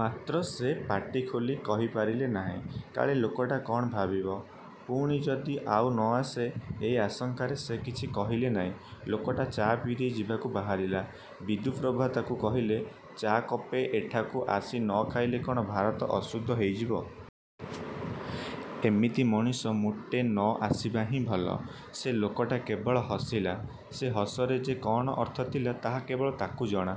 ମାତ୍ର ସେ ପାଟି ଖୋଲି କହିପାରିଲେ ନାହିଁ। କାଳେ ଲୋକଟା କ'ଣ ଭାବିବ? ପୁଣି ଯଦି ଆଉ ନ ଆସେ? ଏହି ଆଶଙ୍କାରେ ସେ କିଛି କହିଲେ ନାହିଁ। ଲୋକଟା ଚା' ପିଇଦେଇ ଯିବାକୁ ବାହାରିଲା। ବିଦ୍ୟୁପ୍ରଭା ତାକୁ କହିଲେ, ''ଚା କପେ ଏଠାକୁ ଆସି ନ ଖାଇଲେ କ'ଣ ଭାରତ ଅଶୁଦ୍ଧ ହୋଇଯିବ? ଏମିତି ମଣିଷ ମୋଟେ ନ ଆସିବା ହିଁ ଭଲ। '' ସେ ଲୋକଟା କେବଳ ହସିଲା। ସେ ହସରେ ଯେ କ'ଣ ଅର୍ଥଥିଲା ତାହା କେବଳ ତାକୁ ଜଣା।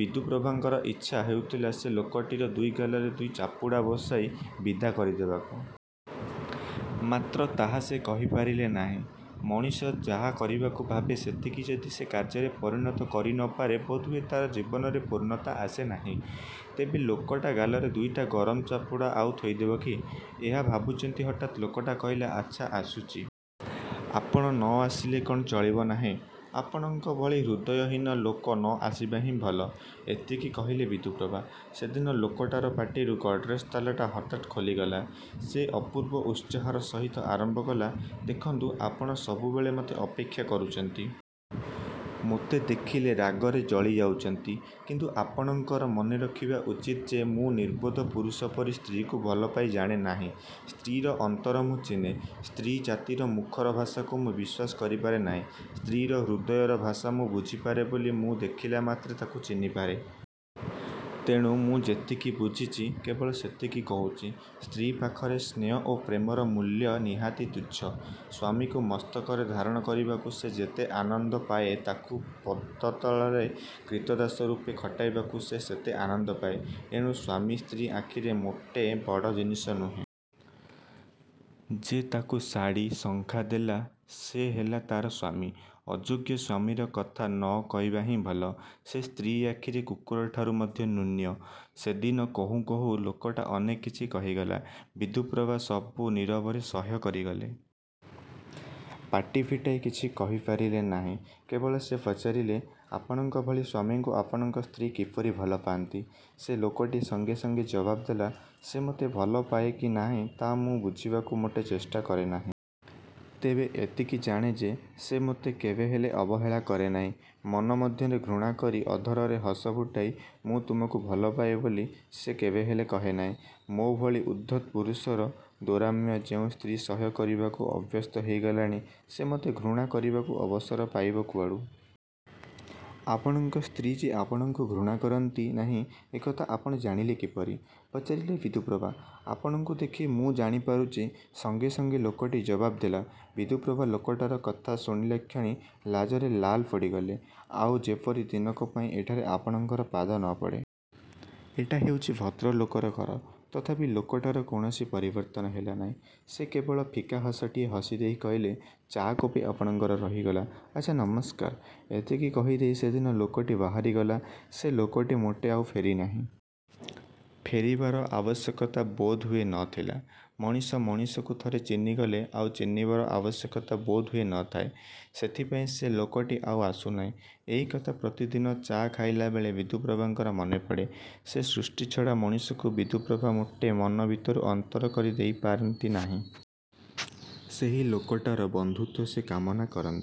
ବିଦ୍ୟୁପ୍ରଭାଙ୍କର ଇଚ୍ଛା ହେଉଥିଲା ସେ ଲୋକଟିର ଦୁଇ ଗାଲରେ ଦୁଇ ଚାପୁଡ଼ା ବସାଇ ବିଦା କରିଦେବାକୁ। ମାତ୍ର ତାହା ସେ କରିପାରିଲେ ନାହିଁ। ମଣିଷ ଯାହା କରିବାକୁ ଭାବେ ସେତିକି ଯଦି ସେ କାର୍ଯ୍ୟରେ ପରିଣତ କରିନପାରେ ବୋଧହୁଏ ତା'ର ଜୀବନରେ ପୂର୍ଣ୍ଣତା ଆସେ ନାହିଁ। ତେବେ ଲୋକଟା ଗାଲରେ ଦୁଇଟା ଗରମ ଚାପୁଡ଼ା ଆଉ ଥୋଇଦେବ କି? ଏହା ଭାବୁଛନ୍ତି ହଠାତ୍ ଲୋକଟା କହିଲା ''ଆଚ୍ଛା ଆସୁଛି। '' ''ଆପଣ ନ ଆସିଲେ କ'ଣ ଚଳିବ ନାହିଁ? ଆପଣଙ୍କ ଭଳି ହୃଦୟହୀନ ଲୋକ ନ ଆସିବା ହିଁ ଭଲ। '' ଏତିକି କହିଲେ ବିଦ୍ୟୁପ୍ରଭା। ସେଦିନ ଲୋକଟାର ପାଟିରୁ ଗଡ଼ରେଜ୍ ତାଲାଟା ହଠାତ୍ ଖୋଲିଗଲା। ସେ ଅପୂର୍ବ ଉତ୍ସାହର ସହିତ ଆରମ୍ଭ କଲା, ''ଦେଖନ୍ତୁ ଆପଣ ସବୁବେଳେ ମୋତେ ଅପେକ୍ଷା କରୁଛନ୍ତି। ମୋତେ ଦେଖିଲେ ରାଗରେ ଜଳିଯାଉଛନ୍ତି। କିନ୍ତୁ ଆପଣଙ୍କର। ମନେରଖିବା ଉଚିତ ଯେ ମୁଁ ନିର୍ବୋଧ ପୁରୁଷ ପରି ସ୍ତ୍ରୀକୁ ଭଲପାଇ ଜାଣେନାହିଁ। ସ୍ତ୍ରୀର ଅନ୍ତର ମୁଁ ଚିହ୍ନେ। ସ୍ତ୍ରୀ ଜାତିର ମୁଖର ଭାଷାକୁ ମୁଁ ବିଶ୍ୱାସ କରିପାରେ ନାହିଁ। ସ୍ତ୍ରୀର ହୃଦୟର ଭାଷା ମୁଁ ବୁଝିପାରେ ବୋଲି ମୁଁ ଦେଖିଲା ମାତ୍ରେ ତାକୁ ଚିହ୍ନିପାରେ। ତେଣୁ ମୁଁ ଯେତିକି ବୁଝିଛି କେବଳ ସେତିକି କହୁଛି। ସ୍ତ୍ରୀ ପାଖରେ ସ୍ନେହ ଓ ପ୍ରେମର ମୂଲ୍ୟ ନିହାତି ତୁଚ୍ଛ। ସ୍ୱାମୀକୁ ମସ୍ତକରେ ଧାରଣ କରିବାକୁ ସେ ଯେତେ ଆନନ୍ଦ ନ ପାଏ ତାକୁ ପଦତଳରେ କ୍ରୀତଦାସରୂପେ ଖଟାଇବାକୁ ସେ ସେତେ ଆନନ୍ଦ ପାଏ। ଏଣୁ ସ୍ୱାମୀ ସ୍ତ୍ରୀ ଆଖିରେ ମୋଟେ ବଡ଼ ଜିନିଷ ନୁହେଁ। ଯେ ତାକୁ ଶାଢ଼ି, ଶଙ୍ଖା ଦେଲା ସେ ହେଲା ତା'ର ସ୍ୱାମୀ। ଅଯୋଗ୍ୟ ସ୍ୱାମୀର କଥା ନ କହିବା ହିଁ ଭଲ, ସେ ସ୍ତ୍ରୀ ଆଖିରେ କୁକୁରଠାରୁ ମଧ୍ୟ ନ୍ୟୁନ। '' ସେଦିନ କହୁଁ କହୁଁ ଲୋକଟା ଅନେକ କିଛି କହିଗଲା। ବିଦ୍ୟୁପ୍ରଭା ସବୁ ନିରବରେ ସହ୍ୟ କରିଗଲେ। ପାଟି ଫିଟାଇ କିଛି କହିପାରିଲେ ନାହିଁ। କେବଳ ସେ ପଚାରିଲେ, ''ଆପଣଙ୍କ ଭଳି ସ୍ୱାମୀଙ୍କୁ ଆପଣଙ୍କ ସ୍ତ୍ରୀ କିପରି ଭଲପାଆନ୍ତି? '' ସେ ଲୋକଟି ସଙ୍ଗେ ସଙ୍ଗେ ଜବାବ୍ ଦେଲା, ''ସେ ମୋତେ ଭଲପାଏ କି ନାହିଁ ତାହା ମୁଁ ବୁଝିବାକୁ ମୋଟେ ଚେଷ୍ଟା କରେନାହିଁ। ତେବେ ଏତିକି ଜାଣେ ଯେ ସେ ମୋତେ କେବେହେଲେ ଅବହେଳା କରେନାହିଁ। ମନ ମଧ୍ୟରେ ଘୃଣାକରି ଅଧରରେ ହସଫୁଟାଇ 'ମୁଁ ତୁମକୁ ଭଲପାଏ' ବୋଲି ସେ କେବେହେଲେ କହେନାହିଁ। ମୋ ଭଳି ଉଦ୍ଧତ ପୁରୁଷର ଦୌରାତ୍ମ୍ୟ ଯେଉଁ ସ୍ତ୍ରୀ ସହ୍ୟ କରିବାକୁ ଅଭ୍ୟସ୍ତ ହୋଇଗଲାଣି ସେ ମୋତେ ଘୃଣା କରିବାକୁ ଅବସର ପାଇବ କୁଆଡ଼ୁ-? '' ''ଆପଣଙ୍କ ସ୍ତ୍ରୀ ଯେ ଆପଣଙ୍କୁ ଘୃଣାକରନ୍ତି ନାହିଁ ଏକଥା ଆପଣ ଜାଣିଲେ କିପରି? '' ପଚାରିଲେ ବିଦ୍ୟୁପ୍ରଭା। ''ଆପଣଙ୍କୁ ଦେଖି ମୁଁ ଜାଣି ପାରୁଛି। '' ସଙ୍ଗେ ସଙ୍ଗେ ଲୋକଟି ଜବାବ୍ ଦେଲା। ବିଦ୍ୟୁପ୍ରଭା ଲୋକଟାର କଥା ଶୁଣିଲାକ୍ଷଣି ଲାଜରେ ଲାଲ ପଡ଼ିଗଲେ। ଆଉ ଯେପରି ଦିନକ ପାଇଁ ଏଠାରେ ଆପଣଙ୍କର ପାଦନପଡ଼େ। ଏଟା ହେଉଛି ଭଦ୍ରଲୋକର ଘର। '' ତଥାପି ଲୋକଟାର କୌଣସି ପରିବର୍ତ୍ତନ ହେଲାନାହିଁ। ସେ କେବଳ ଫିକା ହସଟିଏ ହସି ଦେଇ କହିଲେ, ''ଚା କପେ ଆପଣଙ୍କର ରହିଗଲା। ଆଚ୍ଛା ନମସ୍କାର। '' ଏତିକି କହିଦେଇ ସେଦିନ ଲୋକଟି ବାହାରିଗଲା। ସେ ଲୋକଟି ମୋଟେ ଆଉ ଫେରିନାହିଁ। ଫେରିବାର ଆବଶ୍ୟକତା ବୋଧହୁଏ ନ ଥିଲା। ମଣିଷ ମଣିଷକୁ ଥରେ ଚିହ୍ନିଗଲେ ଆଉ ଚିହ୍ନିବାର ଆବଶ୍ୟକତା ବୋଧହୁଏ ନଥାଏ। ସେଥିପାଇଁ କ'ଣ ସେ ଲୋକଟି ଆଉ ଆସୁନାହିଁ? ଏହି କଥା ପ୍ରତିଦିନ ଚା' ଖାଇଲାବେଳେ ବିଦ୍ୟୁପ୍ରଭାଙ୍କର ମନେପଡ଼େ। ସେହି ସୃଷ୍ଟିଛଡ଼ା ମଣିଷଟିକୁ ବିଦ୍ୟୁପ୍ରଭା ମୋଟେ ମନ ମଧ୍ୟରୁ ଅନ୍ତର କରି ଦେଇପାରନ୍ତି ନାହିଁ। ସେହି ଲୋକଟାର ବନ୍ଧୁତ୍ୱ ସେ କାମନା କରନ୍ତି।